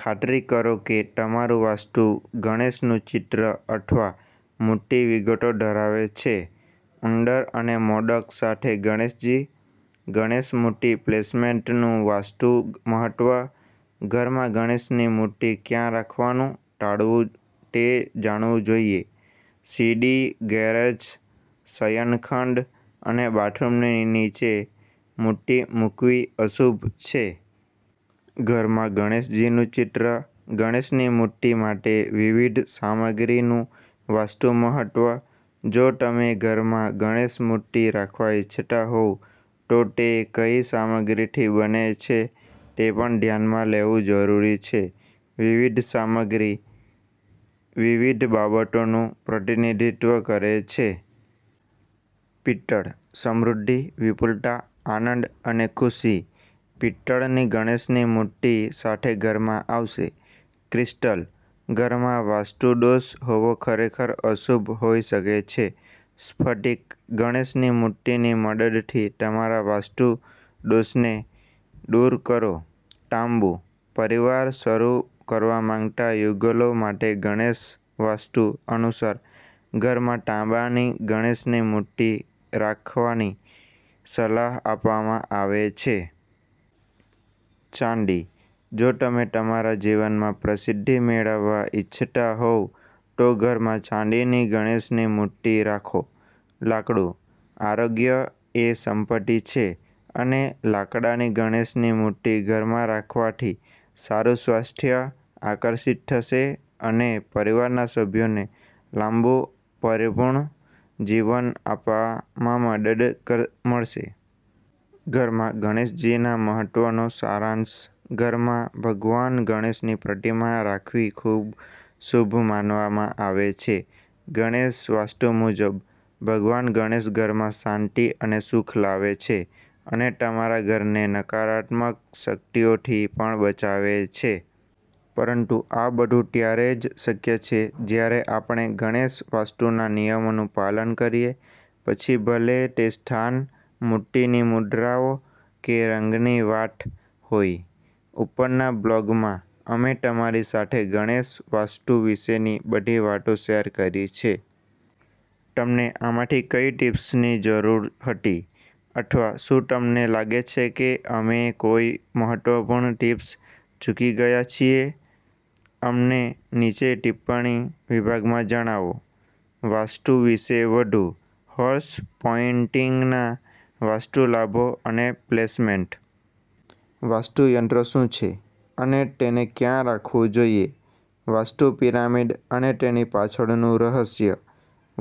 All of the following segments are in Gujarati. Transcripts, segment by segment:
ખાતરી કરો કે તમારું વાસ્તુ ગણેશનું ચિત્ર અથવા મૂર્તિ વિગતો ધરાવે છે. ઉંદર અને મોદક સાથે ગણેશજી. ગણેશ મૂર્તિ પ્લેસમેન્ટનું વાસ્તુ મહત્વ. ઘરમાં ગણેશની મૂર્તિ ક્યાં રાખવાનું ટાળવું તે જાણવું જોઈએ. સીડી, ગેરેજ, શયનખંડ અને બાથરૂમની નીચે મૂર્તિ મૂકવી અશુભ છે. ઘરમાં ગણેશજીનું ચિત્ર. ગણેશની મૂર્તિ માટે વિવિધ સામગ્રીનું વાસ્તુ મહત્વ. જો તમે ઘરમાં ગણેશ મૂર્તિ રાખવા ઈચ્છતા હોવ તો તે કઈ સામગ્રીમાંથી બને છે તે પણ ધ્યાનમાં લેવું જરૂરી છે. વિવિધ સામગ્રી વિવિધ બાબતોનું પ્રતિનિધિત્વ કરે છે. પિત્તળ. સમૃદ્ધિ, વિપુલતા, આનંદ અને ખુશી પિત્તળની ગણેશની મૂર્તિ સાથે ઘરમાં આવશે. ક્રિસ્ટલ. ઘરમાં વાસ્તુ દોષ હોવો ખરેખર અશુભ હોઈ શકે છે. સ્ફટિક ગણેશની મૂર્તિની મદદથી તમારા વાસ્તુ દોષને દૂર કરો. તાંબુ. પરિવાર શરૂ કરવા માંગતા યુગલો માટે ગણેશ વાસ્તુ અનુસાર ઘરમાં તાંબાની ગણેશની મૂર્તિ રાખવાની સલાહ આપવામાં આવે છે. ચાંદી. જો તમે તમારા જીવનમાં પ્રસિદ્ધિ મેળવવા ઈચ્છતા હોવ તો ઘરમાં ચાંદીની ગણેશની મૂર્તિ રાખો. લાકડું. આરોગ્ય એ સંપત્તિ છે, અને લાકડાની ગણેશની મૂર્તિ ઘરમાં રાખવાથી સારું સ્વાસ્થ્ય આકર્ષિત થશે અને પરિવારના સભ્યોને લાંબું, પરિપૂર્ણ જીવન આપવામાં મદદ મળશે. ઘરમાં ગણેશજીના મહત્વનો સારાંશ. ઘરમાં ભગવાન ગણેશની પ્રતિમા રાખવી ખૂબ શુભ માનવામાં આવે છે. ગણેશ વાસ્તુ મુજબ, ભગવાન ગણેશ ઘરમાં શાંતિ અને સુખ લાવે છે અને તમારા ઘરને નકારાત્મક શક્તિઓથી પણ બચાવે છે. પરંતુ આ બધું ત્યારે જ શક્ય છે, જ્યારે આપણે ગણેશ વાસ્તુના નિયમોનું પાલન કરીએ, પછી ભલે તે સ્થાન, મૂર્તિની મુદ્રાઓ કે રંગની વાત હોય. ઉપરના બ્લોગમાં, અમે તમારી સાથે ગણેશ વાસ્તુ વિશેની બધી વાતો શેર કરી છે. તમને આમાંથી કઈ ટીપ્સની જરૂર હતી? અથવા શું તમને લાગે છે કે અમે કોઈ મહત્વપૂર્ણ ટીપ્સ ચૂકી ગયા છીએ? અમને નીચે ટિપ્પણી વિભાગમાં જણાવો. વાસ્તુ વિશે વધુ. હોર્સ પેઇન્ટિંગના વાસ્તુ લાભો અને પ્લેસમેન્ટ. વાસ્તુ યંત્ર શું છે અને તેને ક્યાં રાખવું જોઈએ? વાસ્તુ પિરામિડ અને તેની પાછળનું રહસ્ય.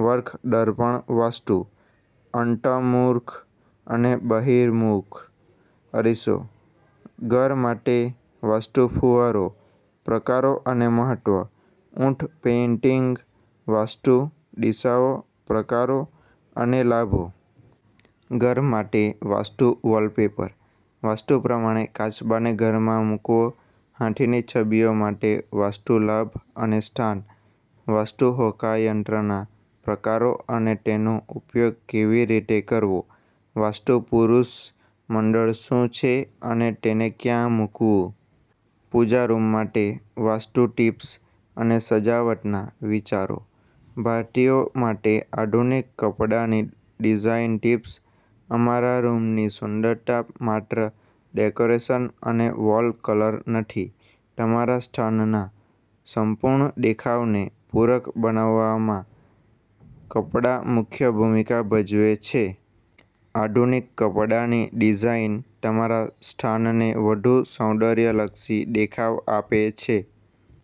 વક્ર દર્પણ વાસ્તુ. અંતર્મુખ અને બહિર્મુખ અરીસો. ઘર માટે વાસ્તુ ફુવારો. પ્રકારો અને મહત્વ. ઊંટ પેઇન્ટિંગ વાસ્તુ દિશાઓ, પ્રકારો અને લાભો. ઘર માટે વાસ્તુ વૉલપેપર. વાસ્તુ પ્રમાણે કાચબાને ઘરમાં મૂકવો. હાથીની છબીઓ માટે વાસ્તુ લાભ અને સ્થાન. વાસ્તુ હોકાયંત્રના પ્રકારો અને તેનો ઉપયોગ કેવી રીતે કરવો. વાસ્તુ પુરુષ મંડળ શું છે અને તેને ક્યાં મૂકવું? પૂજા રૂમ માટે વાસ્તુ ટિપ્સ અને સજાવટના વિચારો. ભારતીયો માટે આધુનિક કપડાંની ડિઝાઇન ટિપ્સ. અમારા રૂમની સુંદરતા માત્ર ડેકોરેશન અને વોલ કલર નથી. તમારા સ્થાનના સંપૂર્ણ દેખાવને પૂરક બનાવવામાં કપડાં મુખ્ય ભૂમિકા ભજવે છે. આધુનિક કપડાની ડિઝાઇન તમારા સ્થાનને વધુ સૌંદર્યલક્ષી દેખાવ આપે છે.